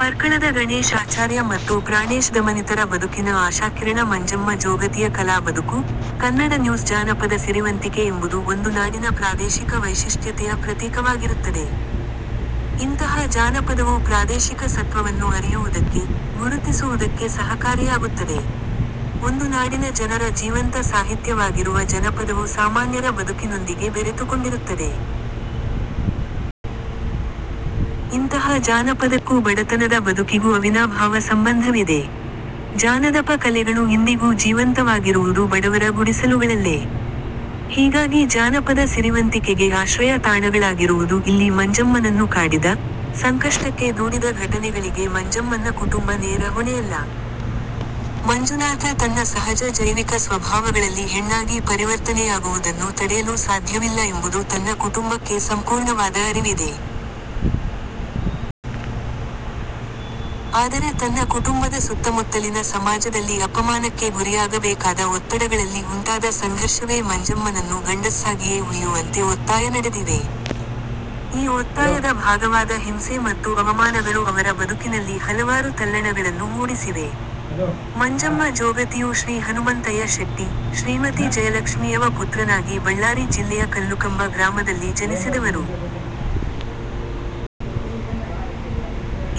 ಪರ್ಕಳದ ಗಣೇಶ್ ಆಚಾರ್ಯ ಮತ್ತು ಪ್ರಾಣೇಶ್ ದಮನಿತರ ಬದುಕಿನ ಆಶಾಕಿರಣ ಮಂಜಮ್ಮ ಜೋಗತಿಯ ಕಲಾ ಬದುಕು – ಕನ್ನಡ ನ್ಯೂಸ್ ಜಾನಪದ ಸಿರಿವಂತಿಕೆ ಎಂಬುದು ಒಂದು ನಾಡಿನ ಪ್ರಾದೇಶಿಕ ವೈಶಿಷ್ಟ್ಯತೆಯ ಪ್ರತೀಕವಾಗಿರುತ್ತದೆ. ಇಂತಹ ಜಾನಪದವು ಪ್ರಾದೇಶಿಕ ಸತ್ವವನ್ನು ಅರಿಯುವುದಕ್ಕೆ, ಗುರುತಿಸುವುದಕ್ಕೆ ಸಹಕಾರಿಯಾಗುತ್ತದೆ. ಒಂದು ನಾಡಿನ ಜನರ ಜೀವಂತ ಸಾಹಿತ್ಯವಾಗಿರುವ ಜನಪದವು ಸಾಮಾನ್ಯರ ಬದುಕಿನೊಂದಿಗೆ ಬೆರೆತುಕೊಂಡಿರುತ್ತದೆ. ಇಂತಹ ಜಾನಪದಕ್ಕೂ ಬಡತನದ ಬದುಕಿಗೂ ಅವಿನಾಭಾವ ಸಂಬಂಧವಿದೆ. ಜಾನದಪ ಕಲೆಗಳು ಇಂದಿಗೂ ಜೀವಂತವಾಗಿರುವುದು ಬಡವರ ಗುಡಿಸಲುಗಳಲ್ಲೆ. ಹೀಗಾಗಿ ಜಾನಪದ ಸಿರಿವಂತಿಕೆಗೆ ಆಶ್ರಯ ತಾಣಗಳಾಗಿರುವುದು ಇಲ್ಲಿ ಮಂಜಮ್ಮನನ್ನು ಕಾಡಿದ, ಸಂಕಷ್ಟಕ್ಕೆ ದೂಡಿದ ಘಟನೆಗಳಿಗೆ ಮಂಜಮ್ಮನ್ನ ಕುಟುಂಬ ನೇರ ಹೊಣೆಯಲ್ಲ. ಮಂಜುನಾಥ ತನ್ನ ಸಹಜ ಜೈವಿಕ ಸ್ವಭಾವಗಳಲ್ಲಿ ಹೆಣ್ಣಾಗಿ ಪರಿವರ್ತನೆಯಾಗುವುದನ್ನು ತಡೆಯಲು ಸಾಧ್ಯವಿಲ್ಲ ಎಂಬುದು ತನ್ನ ಕುಟುಂಬಕ್ಕೆ ಸಂಪೂರ್ಣವಾದ ಅರಿವಿದೆ. ಆದರೆ ತನ್ನ ಕುಟುಂಬದ ಸುತ್ತಮುತ್ತಲಿನ ಸಮಾಜದಲ್ಲಿ ಅಪಮಾನಕ್ಕೆ ಗುರಿಯಾಗಬೇಕಾದ ಒತ್ತಡಗಳಲ್ಲಿ ಉಂಟಾದ ಸಂಘರ್ಷವೇ ಮಂಜಮ್ಮನನ್ನು ಗಂಡಸ್ಸಾಗಿಯೇ ಉಳಿಯುವಂತೆ ಒತ್ತಾಯ ನಡೆದಿವೆ. ಈ ಒತ್ತಾಯದ ಭಾಗವಾದ ಹಿಂಸೆ ಮತ್ತು ಅವಮಾನಗಳು ಅವರ ಬದುಕಿನಲ್ಲಿ ಹಲವಾರು ತಲ್ಲಣಗಳನ್ನು ಮೂಡಿಸಿವೆ. ಮಂಜಮ್ಮ ಜೋಗತಿಯು ಶ್ರೀ ಹನುಮಂತಯ್ಯ ಶೆಟ್ಟಿ, ಶ್ರೀಮತಿ ಜಯಲಕ್ಷ್ಮೀಯವ ಪುತ್ರನಾಗಿ ಬಳ್ಳಾರಿ ಜಿಲ್ಲೆಯ ಕಲ್ಲುಕಂಬ ಗ್ರಾಮದಲ್ಲಿ ಜನಿಸಿದವರು.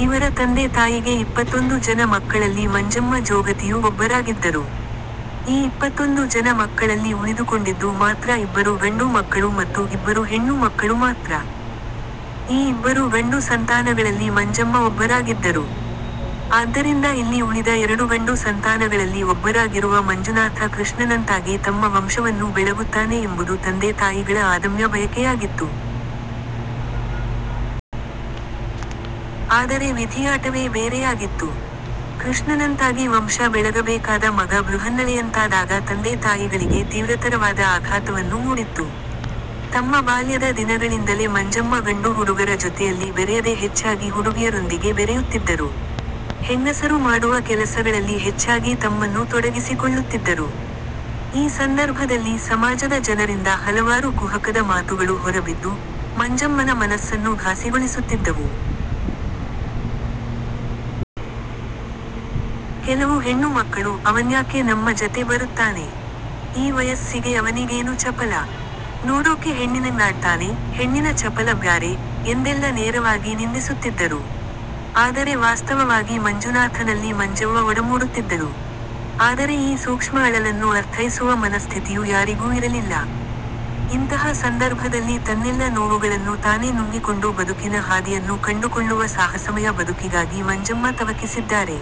ಇವರ ತಂದೆ ತಾಯಿಗೆ ಇಪ್ಪತ್ತೊಂದು ಜನ ಮಕ್ಕಳಲ್ಲಿ ಮಂಜಮ್ಮ ಜೋಗತಿಯು ಒಬ್ಬರಾಗಿದ್ದರು. ಈ ಇಪ್ಪತ್ತೊಂದು ಜನ ಮಕ್ಕಳಲ್ಲಿ ಉಳಿದುಕೊಂಡಿದ್ದು ಮಾತ್ರ ಇಬ್ಬರು ಗಂಡು ಮಕ್ಕಳು ಮತ್ತು ಇಬ್ಬರು ಹೆಣ್ಣು ಮಕ್ಕಳು ಮಾತ್ರ. ಈ ಇಬ್ಬರು ಗಂಡು ಸಂತಾನಗಳಲ್ಲಿ ಮಂಜಮ್ಮ ಒಬ್ಬರಾಗಿದ್ದರು. ಆದ್ದರಿಂದ ಇಲ್ಲಿ ಉಳಿದ ಎರಡು ಗಂಡು ಸಂತಾನಗಳಲ್ಲಿ ಒಬ್ಬರಾಗಿರುವ ಮಂಜುನಾಥ ಕೃಷ್ಣನಂತಾಗಿ ತಮ್ಮ ವಂಶವನ್ನು ಬೆಳಗುತ್ತಾನೆ ಎಂಬುದು ತಂದೆ ತಾಯಿಗಳ ಆದಮ್ಯ ಬಯಕೆಯಾಗಿತ್ತು. ಆದರೆ ವಿಧಿಯಾಟವೇ ಬೇರೆಯಾಗಿತ್ತು. ಕೃಷ್ಣನಂತಾಗಿ ವಂಶ ಬೆಳಗಬೇಕಾದ ಮಗ ಬೃಹನ್ನಳೆಯಂತಾದಾಗ ತಂದೆ ತಾಯಿಗಳಿಗೆ ತೀವ್ರತರವಾದ ಆಘಾತವನ್ನು ಮೂಡಿತ್ತು. ತಮ್ಮ ಬಾಲ್ಯದ ದಿನಗಳಿಂದಲೆ ಮಂಜಮ್ಮ ಗಂಡು ಹುಡುಗರ ಜೊತೆಯಲ್ಲಿ ಬೆರೆಯದೆ ಹೆಚ್ಚಾಗಿ ಹುಡುಗಿಯರೊಂದಿಗೆ ಬೆರೆಯುತ್ತಿದ್ದರು. ಹೆಂಗಸರು ಮಾಡುವ ಕೆಲಸಗಳಲ್ಲಿ ಹೆಚ್ಚಾಗಿ ತಮ್ಮನ್ನು ತೊಡಗಿಸಿಕೊಳ್ಳುತ್ತಿದ್ದರು. ಈ ಸಂದರ್ಭದಲ್ಲಿ ಸಮಾಜದ ಜನರಿಂದ ಹಲವಾರು ಕುಹಕದ ಮಾತುಗಳು ಹೊರಬಿದ್ದು, ಮಂಜಮ್ಮನ ಮನಸ್ಸನ್ನು ಘಾಸಿಗೊಳಿಸುತ್ತಿದ್ದವು. ಕೆಲವು ಹೆಣ್ಣು ಮಕ್ಕಳು "ಅವನ್ಯಾಕೆ ನಮ್ಮ ಜತೆ ಬರುತ್ತಾನೆ? ಈ ವಯಸ್ಸಿಗೆ ಅವನಿಗೇನು ಚಪಲ. ನೋಡೋಕೆ ಹೆಣ್ಣಿನಂಗಾಡ್ತಾನೆ, ಹೆಣ್ಣಿನ ಚಪಲ ಬ್ಯಾರೆ" ಎಂದೆಲ್ಲ ನೇರವಾಗಿ ನಿಂದಿಸುತ್ತಿದ್ದರು. ಆದರೆ ವಾಸ್ತವವಾಗಿ ಮಂಜುನಾಥನಲ್ಲಿ ಮಂಜವ್ವ ಒಡಮೂಡುತ್ತಿದ್ದಳು. ಆದರೆ ಈ ಸೂಕ್ಷ್ಮ ಅಳಲನ್ನು ಅರ್ಥೈಸುವ ಮನಸ್ಥಿತಿಯು ಯಾರಿಗೂ ಇರಲಿಲ್ಲ. ಇಂತಹ ಸಂದರ್ಭದಲ್ಲಿ ತನ್ನೆಲ್ಲ ನೋವುಗಳನ್ನು ತಾನೆ ನುಂಗಿಕೊಂಡು ಬದುಕಿನ ಹಾದಿಯನ್ನು ಕಂಡುಕೊಳ್ಳುವ ಸಾಹಸಮಯ ಬದುಕಿಗಾಗಿ ಮಂಜಮ್ಮ ತವಕಿಸಿದ್ದಾರೆ.